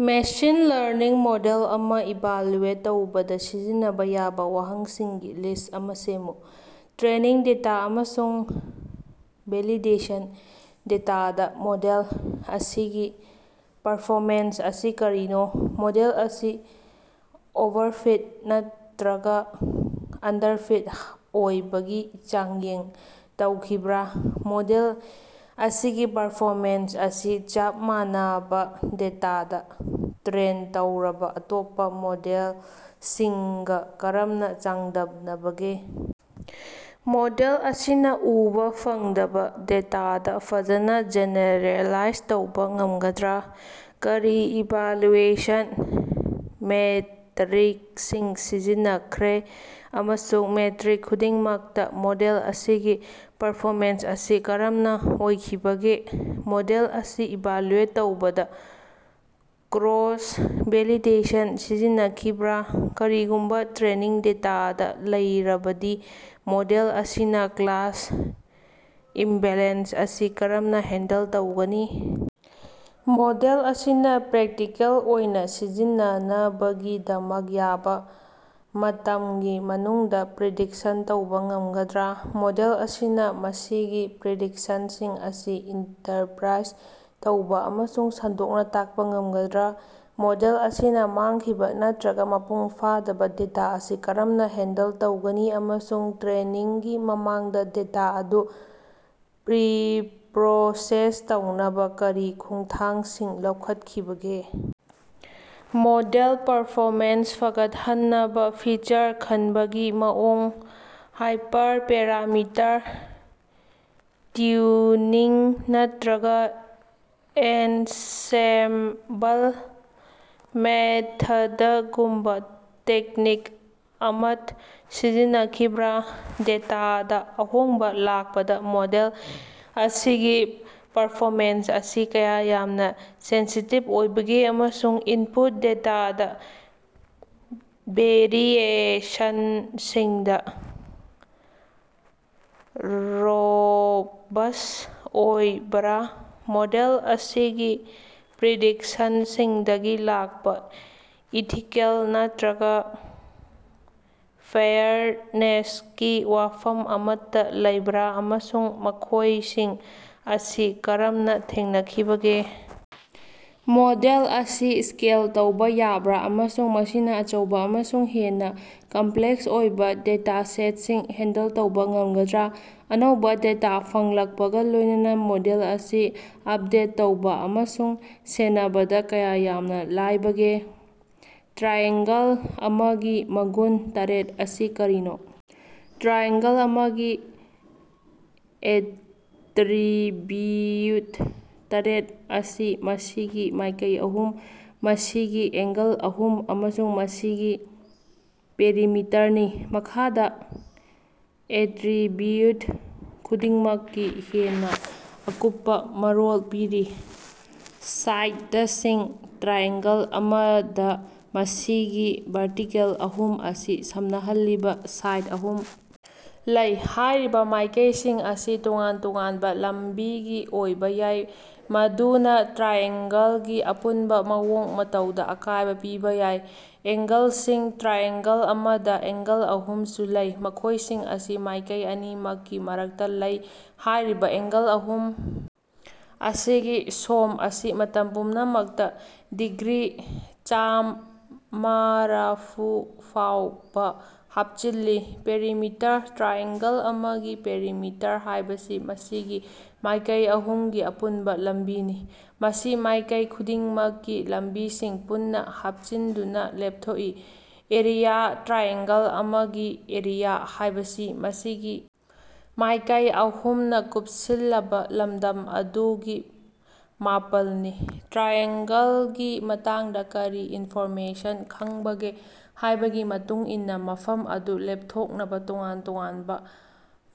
Machine learning model ꯑꯃ evaluate ꯇꯧꯕꯗ ꯁꯤꯖꯤꯟꯅꯕ ꯌꯥꯕ ꯋꯥꯍꯪꯁꯤꯡꯒꯤ ꯂꯤꯁ꯭ꯠ ꯑꯃ ꯁꯦꯝꯃꯨ꯫ ꯇ꯭ꯔꯦꯅꯤꯡ ꯗꯦꯇꯥ ꯑꯃꯁꯨꯡ ꯚꯦꯂꯤꯗꯦꯁꯟ ꯗꯦꯇꯥꯗ ꯃꯣꯗꯦꯜ ꯑꯁꯤꯒꯤ ꯄꯔꯐꯣꯃꯦꯟꯁ ꯑꯁꯤ ꯀꯔꯤꯅꯣ? ꯃꯣꯗꯦꯜ ꯑꯁꯤ ꯑꯣꯚꯔꯐꯤꯠ ꯅꯠꯇꯔꯒ ꯑꯟꯗꯔꯐꯤꯠ ꯑꯣꯏꯕꯒꯤ ꯆꯥꯡꯌꯦꯡ ꯇꯧꯈꯤꯕꯔꯥ? ꯃꯣꯗꯦꯜ ꯑꯁꯤꯒꯤ ꯄꯔꯐꯣꯃꯦꯟꯁ ꯑꯁꯤ ꯆꯞ ꯃꯥꯟꯅꯕ ꯗꯦꯇꯥꯗ ꯇ꯭ꯔꯦꯟ ꯇꯧꯔꯕ ꯑꯇꯣꯞꯄ ꯃꯣꯗꯦꯜꯁꯤꯡꯒ ꯀꯔꯝꯅ ꯆꯥꯡꯗꯝꯅꯕꯒꯦ? ꯃꯣꯗꯦꯜ ꯑꯁꯤꯅ‌ ꯎꯕꯥ ꯐꯪꯗꯕ ꯗꯦꯇꯥꯗ ꯐꯖꯅ ꯖꯦꯅꯦꯔꯦꯂꯥꯏꯖ ꯇꯧꯕ ꯉꯝꯒꯗ꯭ꯔꯥ? ꯀꯔꯤ ꯏꯚꯥꯂꯨꯑꯦꯁꯟ ꯃꯦꯇꯔꯤꯛꯁꯤꯡ ꯁꯤꯖꯤꯟꯅꯈ꯭ꯔꯦ ꯑꯃꯁꯨꯡ ꯃꯦꯇꯔꯤꯛ ꯈꯨꯗꯤꯡꯃꯛꯇ‌ ꯃꯣꯗꯦꯜ ꯑꯁꯤꯒꯤ ꯄꯔꯐꯣꯃꯦꯟꯁ ꯑꯁꯤ ꯀꯔꯝꯅ ꯑꯣꯏꯈꯤꯕꯒꯦ? ꯃꯣꯗꯦꯜ ꯑꯁꯤ ꯏꯚꯥꯂꯨꯑꯦꯠ ꯇꯧꯕꯗ ꯀ꯭ꯔꯣꯁ-ꯚꯦꯂꯤꯗꯦꯁꯟ ꯁꯤꯖꯤꯟꯅꯈꯤꯕꯔꯥ? ꯀꯔꯤꯒꯨꯝꯕ ꯇ꯭ꯔꯦꯅꯤꯡ ꯗꯦꯇꯥꯗ‌ ꯂꯩꯔꯕꯗꯤ ꯃꯣꯗꯦꯜ ꯑꯁꯤꯅ ꯀ꯭ꯂꯥꯁ ꯏꯝꯕꯦꯂꯦꯟꯁ ꯑꯁꯤ ꯀꯔꯝꯅ ꯍꯦꯟꯗꯜ ꯇꯧꯒꯅꯤ? ꯃꯣꯗꯦꯜ ꯑꯁꯤꯅ ꯄ꯭ꯔꯦꯛꯇꯤꯀꯦꯜ ꯑꯣꯏꯅ ꯁꯤꯖꯤꯟꯅꯅꯕꯒꯤꯗꯃꯛ ꯌꯥꯕ ꯃꯇꯝꯒꯤ ꯃꯅꯨꯡꯗ‌ ꯄ꯭ꯔꯤꯗꯤꯛꯁꯟ ꯇꯧꯕ ꯉꯝꯒꯗ꯭ꯔꯥ? ꯃꯣꯗꯦꯜ ꯑꯁꯤꯅ ꯃꯁꯤꯒꯤ ꯄ꯭ꯔꯤꯗꯤꯛꯁꯟꯁꯤꯡ ꯑꯁꯤ ꯏꯟꯇꯔꯄ꯭ꯔꯥꯏꯖ ꯇꯧꯕ ꯑꯃꯁꯨꯡ ꯁꯟꯗꯣꯛꯅ ꯇꯥꯛꯄ ꯉꯝꯒꯗ꯭ꯔꯥ? ꯃꯣꯗꯦꯜ ꯑꯁꯤꯅ ꯃꯥꯡꯈꯤꯕ ꯅꯠꯇꯔꯒ ꯃꯄꯨꯡ ꯐꯥꯗꯕ ꯗꯦꯇꯥ ꯑꯁꯤ ꯀꯔꯝꯅ‌ ꯍꯦꯟꯗꯜ ꯇꯧꯒꯅꯤ, ꯑꯃꯁꯨꯡ ꯇ꯭ꯔꯦꯅꯤꯡꯒꯤ ꯃꯃꯥꯡꯗ ꯗꯦꯇꯥ ꯑꯗꯨ ꯄ꯭ꯔꯤꯄꯔꯣꯁꯦꯁ ꯇꯧꯅꯕ ꯀꯔꯤ ꯈꯣꯡꯊꯥꯡꯁꯤꯡ ꯂꯧꯈꯠꯈꯤꯕꯒꯦ? ꯃꯣꯗꯦꯜ ꯄꯔꯐꯣꯃꯦꯟꯁ ꯐꯒꯠꯍꯟꯅꯕ ꯐꯤꯆꯔ ꯈꯟꯕꯒꯤ ꯃꯑꯣꯡ, ꯍꯥꯏꯄꯔꯄꯦꯔꯥꯃꯤꯇꯔ ꯇ꯭ꯌꯨꯅꯤꯡ, ꯅꯠꯇꯔꯒ ꯑꯦꯟꯁꯦꯝꯕꯜ ꯃꯦꯊꯗꯒꯨꯝꯕ ꯇꯦꯛꯅꯤꯛ ꯑꯃꯠ ꯁꯤꯖꯤꯟꯅꯈꯤꯕꯔꯥ? ꯗꯦꯇꯥꯗ ꯑꯍꯣꯡꯕꯥ ꯂꯥꯛꯄꯗ ꯃꯣꯗꯦꯜ ꯑꯁꯤꯒꯤ ꯄꯔꯐꯣꯃꯦꯟꯁ ꯑꯁꯤ ꯀꯌꯥ ꯌꯥꯝꯅ ꯁꯦꯟꯁꯤꯇꯤꯕ ꯑꯣꯏꯕꯒꯦ, ꯑꯃꯁꯨꯡ ꯏꯟꯄꯨꯠ ꯗꯦꯇꯥꯗ ꯚꯦꯔꯤꯑꯦꯁꯟꯁꯤꯡꯗ ꯔꯣꯕꯁ ꯑꯣꯏꯕꯔꯥ? ꯃꯣꯗꯦꯜ ꯑꯁꯤꯒꯤ ꯄ꯭ꯔꯤꯗꯤꯛꯁꯟꯁꯤꯡꯗꯒꯤ ꯂꯥꯛꯄ ꯏꯊꯤꯀꯦꯜ ꯅꯠꯇꯔꯒ ꯐꯦꯌꯔꯅꯦꯁꯀꯤ ꯋꯥꯐꯝ ꯑꯃꯠꯇ ꯂꯩꯕꯔꯥ, ꯑꯃꯁꯨꯡ ꯃꯈꯣꯏꯁꯤꯡ ꯑꯁꯤ ꯀꯔꯝꯅ ꯊꯦꯡꯅꯈꯤꯕꯒꯦ? ꯃꯣꯗꯦꯜ ꯑꯁꯤ ꯁ꯭ꯀꯦꯜ ꯇꯧꯕ ꯌꯥꯕꯥꯔ, ꯑꯃꯁꯨꯡ ꯃꯁꯤꯅ ꯑꯆꯧꯕ ꯑꯃꯁꯨꯡ ꯍꯦꯟꯅ ꯀꯝꯄꯂꯦꯛꯁ ꯑꯣꯏꯕ ꯗꯦꯇꯥꯁꯦꯠꯁꯤꯡ ꯍꯦꯟꯗꯜ ꯇꯧꯕ ꯉꯝꯒꯗ꯭ꯔꯥ? ꯑꯅꯧꯕ ꯗꯦꯇꯥ ꯐꯪꯂꯛꯄꯒ ꯂꯣꯏꯅꯅ ꯃꯣꯗꯦꯜ ꯑꯁꯤ ꯑꯞꯗꯦꯠ ꯇꯧꯕ ꯑꯃꯁꯨꯡ ꯁꯦꯟꯅꯕꯗ ꯀꯌꯥ ꯌꯥꯝꯅ ꯂꯥꯏꯕꯒꯦ? ꯇ꯭ꯔꯥꯏꯑꯦꯡꯒꯜ ꯑꯃꯒꯤ ꯃꯒꯨꯟ ꯇꯔꯦꯠ ꯑꯁꯤ ꯀꯔꯤꯅꯣ? ꯇ꯭ꯔꯥꯏꯑꯦꯡꯒꯜ ꯑꯃꯒꯤ ꯑꯦꯇꯔꯤꯕꯤꯌꯨꯠ ꯇꯔꯦꯠ ꯑꯁꯤ ꯃꯁꯤꯒꯤ ꯃꯥꯏꯀꯩ ꯑꯍꯨꯝ, ꯃꯁꯤꯒꯤ ꯑꯦꯡꯒꯜ ꯑꯍꯨꯝ ꯑꯃꯁꯨꯡ ꯃꯁꯤꯒꯤ ꯄꯦꯔꯤꯃꯤꯇꯔꯅꯤ꯫ ꯃꯈꯥꯗ ꯑꯦꯇꯔꯤꯕꯤꯎꯠ ꯈꯨꯗꯤꯡꯃꯛꯀꯤ ꯍꯦꯟꯅ ꯑꯀꯨꯞꯄꯥ ꯃꯔꯣꯜ ꯄꯤꯔꯤ - ꯁꯥꯏꯗꯁꯤꯡ - ꯇ꯭ꯔꯥꯏꯑꯦꯡꯒꯜ ꯑꯃꯗ ꯃꯁꯤꯒꯤ ꯚꯔꯇꯤꯀꯦꯜ ꯑꯍꯨꯝ ꯑꯁꯤ ꯁꯝꯅꯍꯜꯂꯤꯕ ꯁꯥꯏꯗ ꯑꯍꯨꯝ ꯂꯩ꯫ ꯍꯥꯏꯔꯤꯕ ꯃꯥꯏꯀꯩꯁꯤꯡ ꯑꯁꯤ ꯇꯣꯉꯥꯟ ꯇꯣꯉꯥꯟꯕ ꯂꯝꯕꯤꯒꯤ ꯑꯣꯏꯕ ꯌꯥꯏ, ꯃꯗꯨꯅ ꯇ꯭ꯔꯥꯏꯑꯦꯡꯒꯜꯒꯤ ꯑꯄꯨꯟꯕ ꯃꯑꯣꯡ ꯃꯇꯧꯗ ꯑꯀꯥꯏꯕ ꯄꯤꯕ ꯌꯥꯏ꯫ ꯑꯦꯡꯒꯜꯁꯤꯡ - ꯇ꯭ꯔꯥꯏꯑꯦꯡꯒꯜ ꯑꯃꯗ ꯑꯦꯡꯒꯜ ꯑꯍꯨꯝꯁꯨ ꯂꯩ, ꯃꯈꯣꯏꯁꯤꯡ ꯑꯁꯤ ꯃꯥꯏꯀꯩ ꯑꯅꯤꯃꯛꯀꯤ ꯃꯔꯛꯇ ꯂꯩ꯫ ꯍꯥꯏꯔꯤꯕ ꯑꯦꯡꯒꯜ ꯑꯍꯨꯝ ꯑꯁꯤꯒꯤ ꯁꯣꯝ ꯑꯁꯤ ꯃꯇꯝ ꯄꯨꯝꯅꯃꯛꯇ ꯗꯤꯒ꯭ꯔꯤ ꯆꯥꯝꯃꯔꯥꯐꯨ ꯐꯥꯎꯕ ꯍꯥꯞꯆꯤꯜꯂꯤ꯫ ꯄꯦꯔꯤꯃꯤꯇꯔ - ꯇ꯭ꯔꯥꯏꯑꯦꯡꯒꯜ ꯑꯃꯒꯤ ꯄꯦꯔꯤꯃꯤꯇꯔ ꯍꯥꯏꯕꯁꯤ ꯃꯁꯤꯒꯤ ꯃꯥꯏꯀꯩ ꯑꯍꯨꯝꯒꯤ ꯑꯄꯨꯟꯕ ꯂꯝꯕꯤꯅꯤ꯫ ꯃꯁꯤ ꯃꯥꯏꯀꯩ ꯈꯨꯗꯤꯡꯃꯛꯀꯤ ꯂꯝꯕꯤꯁꯤꯡ ꯄꯨꯟꯅ ꯍꯥꯞꯆꯤꯟꯗꯨꯅ ꯂꯦꯞꯊꯣꯛꯏ꯫ ꯑꯦꯔꯤꯌꯥ -ꯇ꯭ꯔꯥꯏꯑꯦꯡꯒꯜ ꯑꯃꯒꯤ ꯑꯦꯔꯤꯌꯥ ꯍꯥꯏꯕꯁꯤ ꯃꯁꯤꯒꯤ ꯃꯥꯏꯀꯩ ꯑꯍꯨꯝꯅ ꯀꯨꯞꯁꯤꯜꯂꯕ ꯂꯝꯗꯝ ꯑꯗꯨꯒꯤ ꯃꯥꯄꯜꯅꯤ꯫ ꯇ꯭ꯔꯥꯏꯑꯦꯡꯒꯜꯒꯤ ꯃꯇꯥꯡꯗ ꯀꯔꯤ ꯏꯟꯐꯣꯔꯃꯦꯁꯟ ꯈꯡꯕꯒꯦ ꯍꯥꯏꯕꯒꯤ ꯃꯇꯨꯡ ꯏꯟꯅ ꯃꯐꯝ ꯑꯗꯨ ꯂꯦꯞꯊꯣꯛꯅꯕ ꯇꯣꯉꯥꯟ ꯇꯣꯉꯥꯟꯕ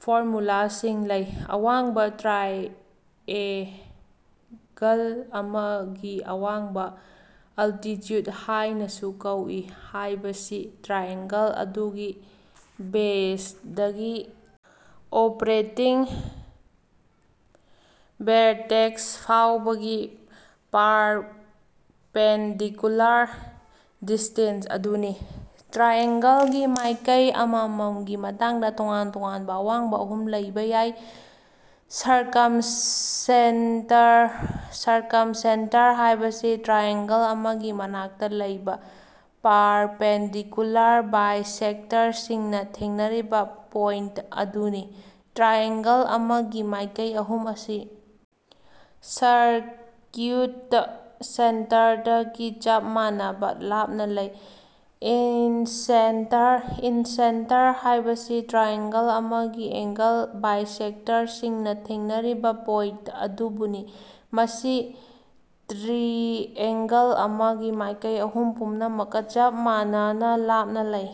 ꯐꯣꯔꯃꯨꯂꯥꯁꯤꯡ ꯂꯩ꯫ ꯑꯋꯥꯡꯕ - ꯇ꯭ꯔꯥꯏꯑꯦ꯫ꯒꯜ ꯑꯃꯒꯤ ꯑꯋꯥꯡꯕ, ꯑꯜꯇꯤꯆꯨꯗ ꯍꯥꯏꯅꯥꯁꯨ ꯀꯧꯏ ꯍꯥꯢꯕꯁꯤ ꯇ꯭ꯔꯥꯏꯑꯦꯡꯒꯜ ꯑꯗꯨꯒꯤ ꯕꯦꯖꯗꯒꯤ ꯑꯣꯄ꯭ꯔꯦꯇꯤꯡ ꯚꯦꯔꯇꯦꯛꯁ ꯐꯥꯎꯕꯒꯤ ꯄꯥꯔꯄꯦꯟꯗꯤꯀꯨꯂꯥꯔ ꯗꯤꯁ꯭ꯇꯦꯟꯁ ꯑꯗꯨꯅꯤ꯫ ꯇ꯭ꯔꯥꯏꯑꯦꯡꯒꯜꯒꯤ ꯃꯥꯏꯀꯩ ꯑꯃꯃꯝꯒꯤ ꯃꯇꯥꯡꯗ ꯇꯣꯉꯥꯟ ꯇꯣꯉꯥꯟꯕ ꯑꯋꯥꯡꯕ ꯑꯍꯨꯝ ꯂꯩꯕ ꯌꯥꯏ꯫ ꯁꯔꯀꯝꯁꯦꯟꯇꯔ- ꯁꯔꯀꯝꯁꯦꯟꯇꯔ ꯍꯥꯏꯕꯁꯤ ꯇ꯭ꯔꯥꯏꯑꯦꯡꯒꯜ ꯑꯃꯒꯤ ꯃꯅꯥꯛꯇ ꯂꯩꯕ ꯄꯥꯔꯄꯦꯟꯗꯤꯀꯨꯂꯥꯔ ꯕꯥꯏꯁꯦꯛꯇꯔꯁꯤꯡꯅ ꯊꯦꯡꯅꯔꯤꯕ ꯄꯣꯏꯟꯇ ꯑꯗꯨꯅꯤ꯫ ꯇ꯭ꯔꯥꯏꯑꯦꯡꯒꯜ ꯑꯃꯒꯤ ꯃꯥꯏꯀꯩ ꯑꯍꯨꯝ ꯑꯁꯤ ꯁꯔꯀ꯭ꯌꯨꯠꯇ ꯁꯦꯟꯇꯔꯗꯒꯤ ꯆꯞ ꯃꯥꯟꯅꯕ ꯂꯥꯞꯅ ꯂꯩ꯫ ꯏꯟꯁꯦꯟꯇꯔ -ꯏꯟꯁꯦꯟꯇꯔ ꯍꯥꯏꯕꯁꯤ ꯇ꯭ꯔꯥꯏꯑꯦꯡꯒꯜ ꯑꯃꯒꯤ ꯑꯦꯡꯒꯜ ꯕꯥꯏꯁꯦꯛꯇꯔꯁꯤꯡꯅ ꯊꯦꯡꯅꯔꯤꯕ ꯄꯣꯏꯟꯇ ꯑꯗꯨꯕꯨꯅꯤ꯫ ꯃꯁꯤ ꯇ꯭ꯔꯤꯑꯦꯡꯒꯜ ꯑꯃꯒꯤ ꯃꯥꯏꯀꯩ ꯑꯍꯨꯝ ꯄꯨꯝꯅꯃꯛꯀ ꯆꯞ ꯃꯥꯟꯅꯅꯥ ꯂꯥꯞꯅ ꯂꯩ꯫